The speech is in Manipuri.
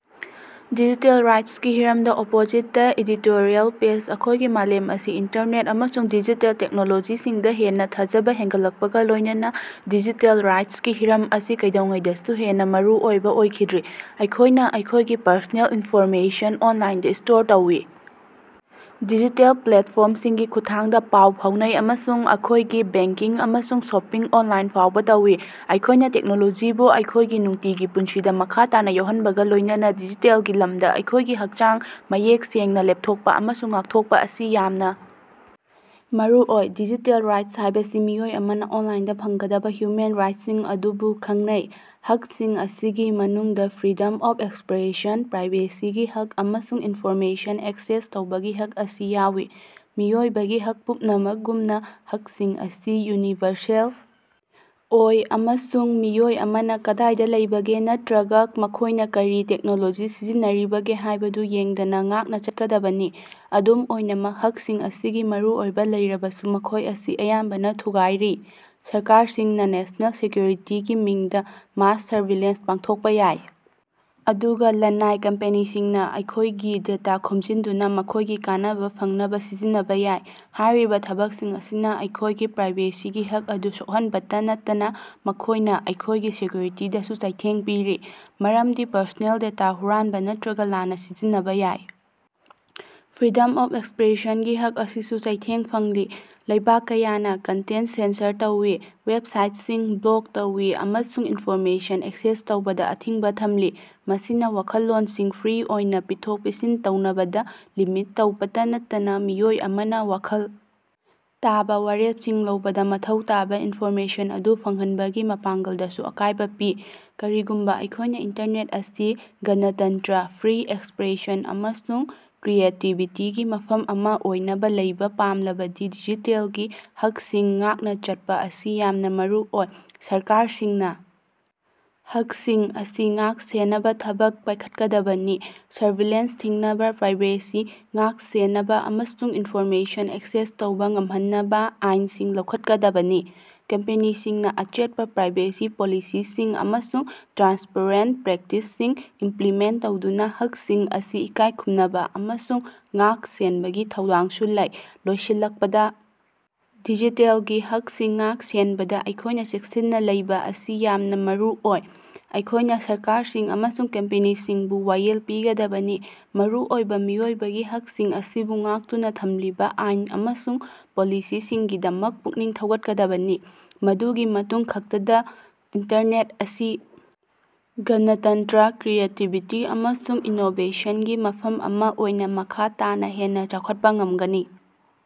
ꯗꯤꯖꯤꯇꯦꯜ ꯔꯥꯏꯠꯁꯀꯤ ꯍꯤꯔꯝꯗꯥ ꯑꯣꯄꯣꯖꯤꯠ ꯗꯥ ꯢꯗꯤꯇꯣꯔꯤꯑꯦꯜ ꯄꯦꯖ ꯑꯩꯈꯣꯏꯒꯤ ꯃꯥꯂꯦꯝ ꯑꯁꯤ ꯏꯟꯇꯔꯅꯦꯠ ꯑꯃꯁꯨꯡ ꯗꯤꯖꯤꯇꯦꯜ ꯇꯦꯛꯅꯣꯂꯣꯖꯤꯁꯤꯡꯗꯥ ꯍꯦꯟꯅꯥ ꯊꯥꯖꯕꯥ ꯍꯦꯟꯒꯠꯂꯛꯄꯒꯥ ꯂꯣꯏꯅꯅꯥ ꯗꯤꯖꯤꯇꯦꯜ ꯔꯥꯏꯠꯁꯀꯤ ꯍꯤꯔꯝ ꯑꯁꯤ ꯀꯩꯗꯧꯉꯩꯗꯁꯨ ꯍꯦꯟꯅꯥ ꯃꯔꯨꯑꯣꯏꯕꯥ ꯑꯣꯏꯈꯤꯗ꯭ꯔꯤ꯫ ꯑꯩꯈꯣꯏꯅꯥ ꯑꯩꯈꯣꯏꯒꯤ ꯄꯔꯁꯣꯅꯦꯜ ꯏꯟꯐꯣꯔꯃꯦꯁꯟ ꯑꯣꯟꯂꯥꯏꯟꯗꯥ ꯁ꯭ꯇꯣꯔ ꯇꯧꯏ, ꯗꯤꯖꯤꯇꯦꯜ ꯄ꯭ꯂꯦꯠꯐꯣꯝꯁꯤꯡꯒꯤ ꯈꯨꯠꯊꯥꯡꯗꯥ ꯄꯥꯎ ꯐꯥꯎꯅꯩ ꯑꯃꯁꯨꯡ ꯑꯩꯈꯣꯏꯒꯤ ꯕꯦꯡꯀꯤꯡ ꯑꯃꯁꯨꯡ ꯁꯣꯄꯤꯡ ꯑꯣꯟꯂꯥꯏꯟ ꯐꯥꯎꯕꯥ ꯇꯧꯏ꯫ ꯑꯩꯈꯣꯏꯅꯥ ꯇꯦꯛꯅꯣꯂꯣꯖꯤꯕꯨ ꯑꯩꯈꯣꯏꯒꯤ ꯅꯨꯡꯇꯤꯒꯤ ꯄꯨꯟꯁꯤꯗꯥ ꯃꯈꯥ ꯇꯥꯅꯥ ꯌꯥꯎꯍꯟꯕꯒꯥ ꯂꯣꯏꯅꯅꯥ ꯗꯤꯖꯤꯇꯦꯜꯒꯤ ꯂꯝꯗꯥ ꯑꯩꯈꯣꯏꯒꯤ ꯍꯛꯁꯤꯡ ꯃꯌꯦꯛ ꯁꯦꯡꯅꯥ ꯂꯦꯞꯊꯣꯛꯄꯥ ꯑꯃꯁꯨꯡ ꯉꯥꯛꯊꯣꯛꯄꯥ ꯑꯁꯤ ꯌꯥꯝꯅꯥ ꯃꯔꯨꯑꯣꯏ꯫ ꯗꯤꯖꯤꯇꯦꯜ ꯔꯥꯏꯠꯁ ꯍꯥꯏꯕꯁꯤ ꯃꯤꯑꯣꯏ ꯑꯃꯅꯥ ꯑꯣꯟꯂꯥꯏꯟꯗꯥ ꯐꯪꯒꯗꯕꯥ ꯍ꯭ꯌꯨꯃꯦꯟ ꯔꯥꯏꯠꯁꯤꯡ ꯑꯗꯨꯕꯨ ꯈꯪꯅꯩ꯫ ꯍꯛꯁꯤꯡ ꯑꯁꯤꯒꯤ ꯃꯅꯨꯡꯗꯥ ꯐ꯭ꯔꯤꯗꯝ ꯑꯣꯐ ꯑꯦꯛꯁꯄ꯭ꯔꯦꯁꯟ, ꯄ꯭ꯔꯥꯏꯚꯦꯁꯤꯒꯤ ꯍꯛ ꯑꯃꯁꯨꯡ ꯏꯟꯐꯣꯔꯃꯦꯁꯟ ꯑꯦꯛꯁꯦꯁ ꯇꯧꯕꯒꯤ ꯍꯛ ꯑꯁꯤ ꯌꯥꯎꯏ꯫ ꯃꯤꯑꯣꯏꯕꯒꯤ ꯍꯛ ꯄꯨꯝꯅꯃꯛꯒꯨꯝꯅꯥ, ꯍꯛꯁꯤꯡ ꯑꯁꯤ ꯌꯨꯅꯤꯚꯔꯁꯦꯜ ꯑꯣꯏ ꯑꯃꯁꯨꯡ ꯃꯤꯑꯣꯏ ꯑꯃꯅꯥ ꯀꯗꯥꯏꯗꯥ ꯂꯩꯕꯒꯦ ꯅꯠꯇ꯭ꯔꯒꯥ ꯃꯈꯣꯏꯅꯥ ꯀꯔꯤ ꯇꯦꯛꯅꯣꯂꯣꯖꯤ ꯁꯤꯖꯤꯟꯅꯔꯤꯕꯒꯦ ꯍꯥꯏꯕꯗꯨ ꯌꯦꯡꯗꯅꯥ ꯉꯥꯛꯅꯥ ꯆꯠꯀꯗꯕꯅꯤ꯫ ꯑꯗꯨꯝ ꯑꯣꯏꯅꯃꯛ ꯍꯛꯁꯤꯡ ꯑꯁꯤꯒꯤ ꯃꯔꯨꯑꯣꯏꯕꯥ ꯂꯩꯔꯕꯁꯨ ꯃꯈꯣꯏ ꯑꯁꯤ ꯑꯌꯥꯝꯕꯅꯥ ꯊꯨꯒꯥꯏꯔꯤ꯫ ꯁꯔꯀꯥꯔꯁꯤꯡꯅꯥ ꯅꯦꯁ꯭ꯅꯦꯜ ꯁꯦꯀ꯭ꯌꯨꯔꯤꯇꯤꯒꯤ ꯃꯤꯡꯗꯥ ꯃꯥꯁ ꯁꯔꯚꯤꯂꯦꯟꯁ ꯄꯥꯡꯊꯣꯛꯄꯥ ꯌꯥꯏ, ꯑꯗꯨꯒꯥ ꯂꯅꯥꯏ ꯀꯝꯄꯦꯅꯤꯁꯤꯡꯅꯥ ꯑꯩꯈꯣꯏꯒꯤ ꯗꯦꯇꯥ ꯈꯣꯝꯖꯤꯟꯗꯨꯅꯥ ꯃꯈꯣꯏꯒꯤ ꯀꯥꯟꯅꯕꯥ ꯐꯪꯅꯕꯥ ꯁꯤꯖꯤꯟꯅꯕꯥ ꯌꯥꯏ꯫ ꯍꯥꯏꯔꯤꯕꯥ ꯊꯕꯛꯁꯤꯡ ꯑꯁꯤꯅꯥ ꯑꯩꯈꯣꯏꯒꯤ ꯄ꯭ꯔꯥꯏꯚꯦꯁꯤꯒꯤ ꯍꯛ ꯑꯗꯨ ꯁꯣꯛꯍꯟꯕꯇꯥ ꯅꯠꯇꯅꯥ, ꯃꯈꯣꯏꯅꯥ ꯑꯩꯈꯣꯏꯒꯤ ꯁꯦꯀ꯭ꯌꯨꯔꯤꯇꯤꯗꯁꯨ ꯆꯩꯊꯦꯡ ꯄꯤꯔꯤ, ꯃꯔꯝꯗꯤ ꯄꯔꯁꯣꯅꯦꯜ ꯗꯦꯇꯥ ꯍꯨꯔꯥꯟꯕꯥ ꯅꯠꯇ꯭ꯔꯒꯥ ꯂꯥꯟꯅꯥ ꯁꯤꯖꯤꯟꯅꯕꯥ ꯌꯥꯏ꯫ ꯐ꯭ꯔꯤꯗꯝ ꯑꯣꯐ ꯑꯦꯛꯁꯄ꯭ꯔꯦꯁꯟꯒꯤ ꯍꯛ ꯑꯁꯤꯁꯨ ꯆꯩꯊꯦꯡ ꯐꯪꯂꯤ꯫ ꯂꯩꯕꯥꯛ ꯀꯌꯥꯅꯥ ꯀꯟꯇꯦꯟꯇ ꯁꯦꯟꯁꯔ ꯇꯧꯏ, ꯋꯦꯞꯁꯥꯏꯠꯁꯤꯡ ꯕ꯭ꯂꯣꯛ ꯇꯧꯏ ꯑꯃꯁꯨꯡ ꯏꯟꯐꯣꯔꯃꯦꯁꯟ ꯑꯦꯛꯁꯦꯁ ꯇꯧꯕꯗꯥ ꯑꯊꯤꯡꯕꯥ ꯊꯝꯂꯤ꯫ ꯃꯁꯤꯅꯥ ꯋꯥꯈꯜꯂꯣꯟꯁꯤꯡ ꯐ꯭ꯔꯤ ꯑꯣꯏꯅꯥ ꯄꯤꯊꯣꯛ-ꯄꯤꯁꯤꯟ ꯇꯧꯅꯕꯗꯥ ꯂꯤꯃꯤꯠ ꯇꯧꯕꯇꯥ ꯅꯠꯇꯅꯥ, ꯃꯤꯑꯣꯏ ꯑꯃꯅꯥ ꯋꯥꯈꯜ ꯇꯥꯕꯥ ꯋꯥꯔꯦꯞꯁꯤꯡ ꯂꯧꯕꯗꯥ ꯃꯊꯧ ꯇꯥꯕꯥ ꯏꯟꯐꯣꯔꯃꯦꯁꯟ ꯑꯗꯨ ꯐꯪꯍꯟꯕꯒꯤ ꯃꯄꯥꯡꯒꯜꯗꯁꯨ ꯑꯀꯥꯏꯕꯥ ꯄꯤ꯫ ꯀꯔꯤꯒꯨꯝꯕꯥ ꯑꯩꯈꯣꯏꯅꯥ ꯏꯟꯇꯔꯅꯦꯠ ꯑꯁꯤ ꯒꯅꯇꯟꯇ꯭ꯔ, ꯐ꯭ꯔꯤ ꯑꯦꯛꯁꯄ꯭ꯔꯦꯁꯟ ꯑꯃꯁꯨꯡ ꯀ꯭ꯔꯤꯌꯦꯇꯤꯕꯤꯇꯤꯒꯤ ꯃꯐꯝ ꯑꯃꯥ ꯑꯣꯏꯅꯥ ꯂꯩꯕꯥ ꯄꯥꯝꯂꯕꯗꯤ ꯗꯤꯖꯤꯇꯦꯜꯒꯤ ꯍꯛꯁꯤꯡ ꯉꯥꯛꯅꯥ ꯆꯠꯄꯥ ꯑꯁꯤ ꯌꯥꯝꯅꯥ ꯃꯔꯨꯑꯣꯏ꯫ ꯁꯔꯀꯥꯔꯁꯤꯡꯅꯥ ꯍꯛꯁꯤꯡ ꯑꯁꯤ ꯉꯥꯛ-ꯁꯦꯟꯅꯕꯥ ꯊꯕꯛ ꯄꯥꯏꯈꯠꯀꯗꯕꯅꯤ, ꯁꯔꯚꯤꯂꯦꯟꯁ ꯊꯤꯡꯅꯕꯥ, ꯄ꯭ꯔꯥꯏꯚꯦꯁꯤ ꯉꯥꯛ-ꯁꯦꯟꯅꯕꯥ ꯑꯃꯁꯨꯡ ꯏꯟꯐꯣꯔꯃꯦꯁꯟ ꯑꯦꯛꯁꯦꯁ ꯇꯧꯕꯥ ꯉꯝꯍꯟꯅꯕꯥ ꯑꯥꯏꯟꯁꯤꯡ ꯂꯧꯈꯠꯀꯗꯕꯅꯤ꯫ ꯀꯝꯄꯦꯅꯤꯁꯤꯡꯅꯥ ꯑꯆꯦꯠꯄꯥ ꯄ꯭ꯔꯥꯏꯕꯦꯁꯤ ꯄꯣꯂꯤꯁꯤꯁꯤꯡ ꯑꯃꯁꯨꯡ ꯇ꯭ꯔꯥꯟꯁꯄꯔꯦꯟꯇ ꯄ꯭ꯔꯦꯛꯇꯤꯁꯁꯤꯡ ꯏꯝꯄ꯭ꯂꯤꯃꯦꯟꯇ ꯇꯧꯗꯨꯅꯥ ꯍꯛꯁꯤꯡ ꯑꯁꯤ ꯏꯀꯥꯏꯈꯨꯝꯅꯕꯥ ꯑꯃꯁꯨꯡ ꯉꯥꯛ-ꯁꯦꯟꯕꯒꯤ ꯊꯧꯗꯥꯡꯁꯨ ꯂꯩ꯫ ꯂꯣꯏꯁꯤꯜꯂꯛꯄꯗꯥ, ꯗꯤꯖꯤꯇꯦꯜꯒꯤ ꯍꯛꯁꯤꯡ ꯉꯥꯛ-ꯁꯦꯟꯕꯗꯥ ꯑꯩꯈꯣꯏꯅꯥ ꯆꯦꯛꯁꯤꯟꯅꯥ ꯂꯩꯕꯥ ꯑꯁꯤ ꯌꯥꯝꯅꯥ ꯃꯔꯨ ꯑꯣꯏ꯫ ꯑꯩꯈꯣꯏꯅꯥ ꯁꯔꯀꯥꯔꯁꯤꯡ ꯑꯃꯁꯨꯡ ꯀꯝꯄꯦꯅꯤꯁꯤꯡꯕꯨ ꯋꯥꯌꯦꯜ ꯄꯤꯒꯗꯕꯅꯤ, ꯃꯔꯨ ꯑꯣꯏꯕꯥ ꯃꯤꯑꯣꯏꯕꯒꯤ ꯍꯛꯁꯤꯡ ꯑꯁꯤꯕꯨ ꯉꯥꯛꯇꯨꯅꯥ ꯊꯝꯂꯤꯕꯥ ꯑꯥꯏꯟ ꯑꯃꯁꯨꯡ ꯄꯣꯂꯤꯁꯤꯁꯤꯡꯒꯤꯗꯃꯛ ꯄꯨꯛꯅꯤꯡ ꯊꯧꯒꯠꯀꯗꯕꯅꯤ꯫ ꯃꯗꯨꯒꯤ ꯃꯇꯨꯡ ꯈꯛꯇꯗꯥ ꯏꯟꯇꯔꯅꯦꯠ ꯑꯁꯤ ꯒꯅꯇꯟꯇ꯭ꯔ, ꯀ꯭ꯔꯤꯌꯦꯇꯤꯕꯤꯇꯤ, ꯑꯃꯁꯨꯡ ꯏꯅꯣꯕꯦꯁꯟꯒꯤ ꯃꯐꯝ ꯑꯃꯥ ꯑꯣꯏꯅꯥ ꯃꯈꯥ ꯇꯥꯅꯥ ꯍꯦꯟꯅꯥ ꯆꯥꯎꯈꯠꯄꯥ ꯉꯝꯒꯅꯤ꯫